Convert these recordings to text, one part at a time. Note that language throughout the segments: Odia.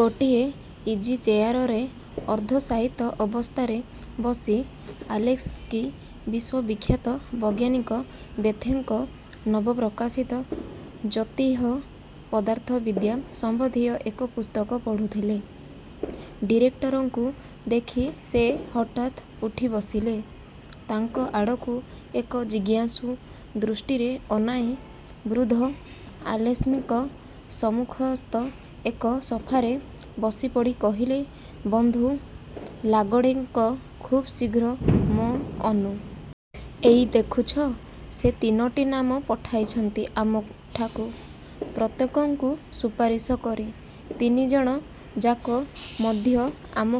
ଗୋଟିଏ ଇଜିଚେୟାରରେ ଅର୍ଦ୍ଧଶାୟିତ ଅବସ୍ଥାରେ ବସି ଆଲେସ୍କି ବିଶ୍ୱବିଖ୍ୟାତ ବୈଜ୍ଞାନିକ ବେଥେଙ୍କ ନବ ପ୍ରକାଶିତ ଜ୍ୟୋତିଃ-ପଦାର୍ଥବିଦ୍ୟା ସମ୍ୱନ୍ଧୀୟ ଏକ ପୁସ୍ତକ ପଢ଼ୁଥିଲେ। ଡିରେକ୍ଟରଙ୍କୁ ଦେଖି ସେ ହଠାତ୍ ଉଠି ବସିଲେ। ତାଙ୍କ ଆଡ଼କୁ ଏକ ଜିଜ୍ଞାସୁ ଦୃଷ୍ଟିରେ ଅନାଇ, ବୃଦ୍ଧ ଆଲେସ୍କିଙ୍କ ସମ୍ମୁଖସ୍ଥ ଏକ ସୋଫାରେ ବସିପଡ଼ି କହିଲେ, ''ବନ୍ଧୁ ଲୋଗୋଡ଼େଙ୍କୋ ଖୁବ୍ ଶୀଘ୍ର ମୋ ଅନୁରୋଧ ରକ୍ଷା କରିଛନ୍ତି ଆଲେସ୍କି! ଏଇ ଦେଖୁଛ, ସେ ତିନୋଟି ନାମ ପଠାଇଛନ୍ତି ଆମଠାକୁ ପ୍ରତ୍ୟେକଙ୍କୁ ସୁପାରିଶ କରି। ତିନିଜଣ ଯାକ ମଧ୍ୟ ଆମ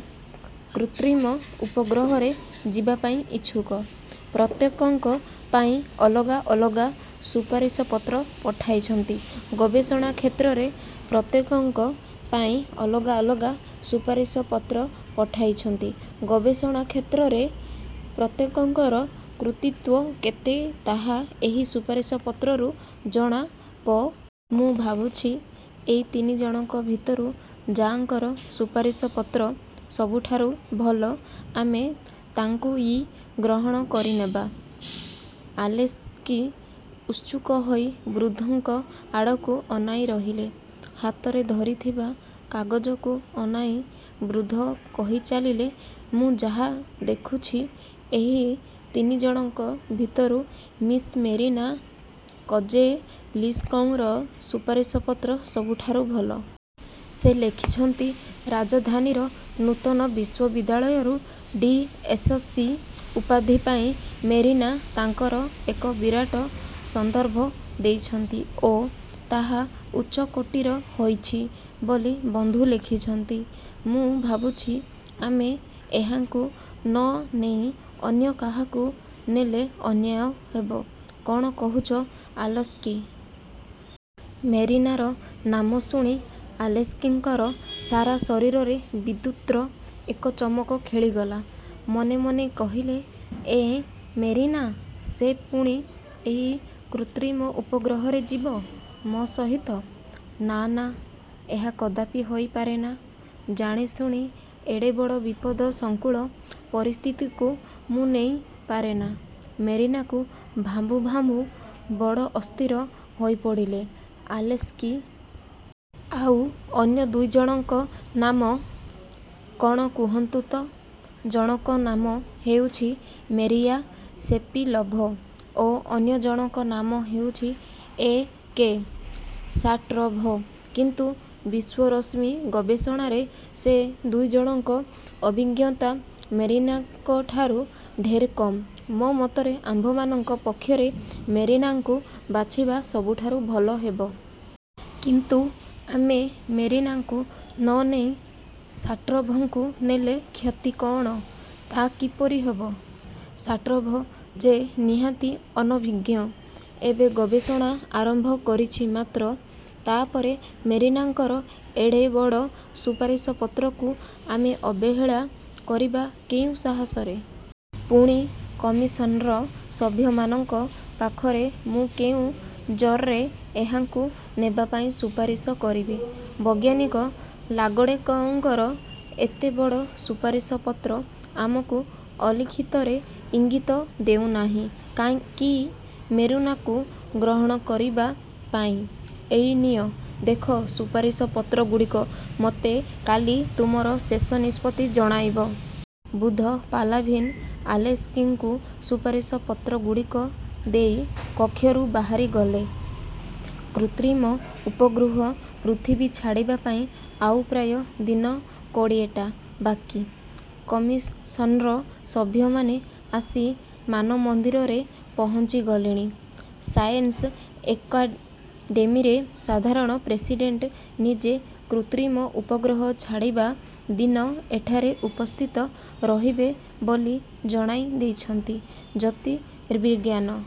କୃତ୍ରିମ ଉପଗ୍ରହରେ ଯିବାପାଇଁ ଇଛୁକ। ପ୍ରତ୍ୟେକଙ୍କ ପାଇଁ ଅଲଗା ଅଲଗା ସୁପାରିଶପତ୍ର ପଠାଇଛନ୍ତି। ଗବେଷଣା କ୍ଷେତ୍ରରେ ପ୍ରତ୍ୟେକଙ୍କ ପାଇଁ ଅଲଗା ଅଲଗା ସୁପାରିଶପତ୍ର ପଠାଇଛନ୍ତି। ଗବେଷଣା କ୍ଷେତ୍ରରେ ପ୍ରତ୍ୟେକଙ୍କର କୃତିତ୍ୱ କେତେ ତାହା ଏହି ସୁପାରିଶପତ୍ରରୁ ଜଣାପଡ଼ୁଛି। ମୁଁ ଭାବୁଛି, ଏଇ ତିନିଜଣଙ୍କ ଭିତରୁ ଯା'ଙ୍କର ସୁପାରିଶପତ୍ର ସବୁଠାରୁ ଭଲ, ଆମେ ତାଙ୍କୁଇ ଗ୍ରହଣ କରିନେବା। '' ଆଲେସ୍କି ଉତ୍ସୁକ ହୋଇ ବୃଦ୍ଧଙ୍କ ଆଡ଼କୁ ଅନାଇ ରହିଲେ। ହାତରେ ଧରିଥିବା କାଗଜକୁ ଅନାଇ ବୃଦ୍ଧ କହିଚାଲିଲେ, ''ମୁଁ ଯାହା ଦେଖୁଛି ଏହି ତିନିଜଣଙ୍କ ଭିତରୁ ମିସ୍ ମେରିନା କୋଜେଲେସ୍କିଙ୍କର ସୁପାରିଶପତ୍ର ସବୁଠାରୁ ଭଲ। ସେ ଲେଖିଛନ୍ତି ରାଜଧାନୀର ନୂତନ ବିଶ୍ୱବିଦ୍ୟାଳୟରୁ ଡି. ଏସସି. ଉପାଧି ପାଇଁ ମେରିନା ତାଙ୍କର ଏକ ବିରାଟ ସନ୍ଦର୍ଭ ଦେଇଛନ୍ତି ଓ ତାହା ଉଚ୍ଚକୋଟୀର ହୋଇଛି ବୋଲି ବନ୍ଧୁ ଲେଖିଛନ୍ତି। ମୁଁ ଭାବୁଛି, ଆମେ ଏହାଙ୍କୁ ନ ନେଇ ଅନ୍ୟକାହାକୁ ନେଲେ ଅନ୍ୟାୟ ହେବ। କ'ଣ କହୁଛ ଆଲେସ୍କି? '' ମେରିନାର ନାମ ଶୁଣି ଆଲେସ୍କିଙ୍କର ସାରା ଶରୀରରେ ବିଦ୍ୟୁତ୍ର ଏକ ଚମକ ଖେଳିଗଲା। ମନେ ମନେ କହିଲେ, ''ଏଁ ମେରିନା? ସେ ପୁଣି ଏଇ କୃତ୍ରିମ ଉପଗ୍ରହରେ ଯିବ, ମୋ ସହିତ? ନା, ନା, ଏହା କଦାପି ହୋଇ ପାରେନା। ଜାଣିଶୁଣି ଏଡ଼େ ବଡ଼ ବିପଦ-ସଂକୁଳ ପରିସ୍ଥିତିକୁ ମୁଁ ନେଇ ପାରେନା ମେରିନାକୁ''–ଭାବୁଁ ଭାବୁଁ ବଡ଼ ଅସ୍ଥିର ହୋଇପଡ଼ିଲେ ଆଲେସ୍କି। ''ଆଉ ଅନ୍ୟ ଦୁଇଜଣଙ୍କ ନାମ କ'ଣ କହନ୍ତୁ ତ? '' ''ଜଣକ ନାମ ହେଉଛି ମେରିଆ ସେପିଲୋଭ ଓ ଅନ୍ୟ ଜଣକ ନାମ ହେଉଛି ଏ. କେ. ଶାଟ୍ରୋଭ। କିନ୍ତୁ ବିଶ୍ୱରଶ୍ମି ଗବେଷଣାରେ ସେ ଦୁଇଜଣଙ୍କ ଅଭିଜ୍ଞତା ମେରିନାଙ୍କଠାରୁ ଢେର୍ କମ୍। ମୋ ମତରେ ଆମ୍ଭମାନଙ୍କ ପକ୍ଷରେ ମେରିନାଙ୍କୁ ବାଛିବା ସବୁଠାରୁ ଭଲ ହେବ। '' ''କିନ୍ତୁ ଆମେ ମେରିନାଙ୍କୁ ନ ନେଇ ଶାଟ୍ରୋଭଙ୍କୁ ନେଲେ କ୍ଷତି କଅଣ? '' ''ତା କିପରି ହେବ? ଶାଟ୍ରୋଭ ଯେ ନିହାତି ଅନଭିଜ୍ଞ; ଏବେ ଗବେଷଣା ଆରମ୍ଭ କରିଛି ମାତ୍ର। ତା'ପରେ ମେରିନାଙ୍କର ଏଡ଼େ ବଡ଼ ସୁପାରିଶପତ୍ରକୁ ଆମେ ଅବହେଳା କରିବା କେଉଁ ସାହସରେ? ପୁଣି କମିଶନ୍ର ସଭ୍ୟମାନଙ୍କ ପାଖରେ ମୁଁ କେଉଁ ଜୋର୍ରେ ଏହାଙ୍କୁ ନେବା ପାଇଁ ସୁପାରିଶ କରିବି? ବୈଜ୍ଞାନିକ ଲୋଗୋଡ଼େଙ୍କୋଙ୍କର ଏତେ ବଡ଼ ସୁପାରିଶପତ୍ର ଆମକୁ ଅଲକ୍ଷିତରେ ଇଙ୍ଗିତ ଦେଉନାହିଁ କି ମେରିନାକୁ ଗ୍ରହଣ କରିବା ପାଇଁ? ଏଇ ନିଅ, ଦେଖ ସୁପାରିଶପତ୍ରଗୁଡ଼ିକ। ମୋତେ କାଲି ତୁମର ଶେଷ ନିଷ୍ପତ୍ତି ଜଣାଇବ। '' ବୃଦ୍ଧ ପାଲାଭିନ୍ ଆଲେସ୍କିଙ୍କୁ ସୁପାରିଶପତ୍ରଗୁଡ଼ିକ ଦେଇ କକ୍ଷରୁ ବାହାରିଗଲେ। କୃତ୍ରିମ ଉପଗ୍ରହ ପୃଥିବୀ ଛାଡ଼ିବା ପାଇଁ ଆଉ ପ୍ରାୟ ଦିନ କୋଡ଼ିଏଟା ବାକି। କମିଶନ୍ର ସଭ୍ୟମାନେ ଆସି ମାନମନ୍ଦିରରେ ପହଞ୍ଚିଗଲେଣି। ସାଏନ୍ସ ଏକାଡ଼େମୀରେ ସାଧାରଣ ପ୍ରେସିଡ଼େଣ୍ଟ ନିଜେ କୃତ୍ରିମ ଉପଗ୍ରହ ଛାଡ଼ିବା ଦିନ ଏଠାରେ ଉପସ୍ଥିତ ରହିବେ ବୋଲି ଜଣାଇ ଦେଇଛନ୍ତି। ଜ୍ୟୋତିର୍ବିଜ୍ଞାନ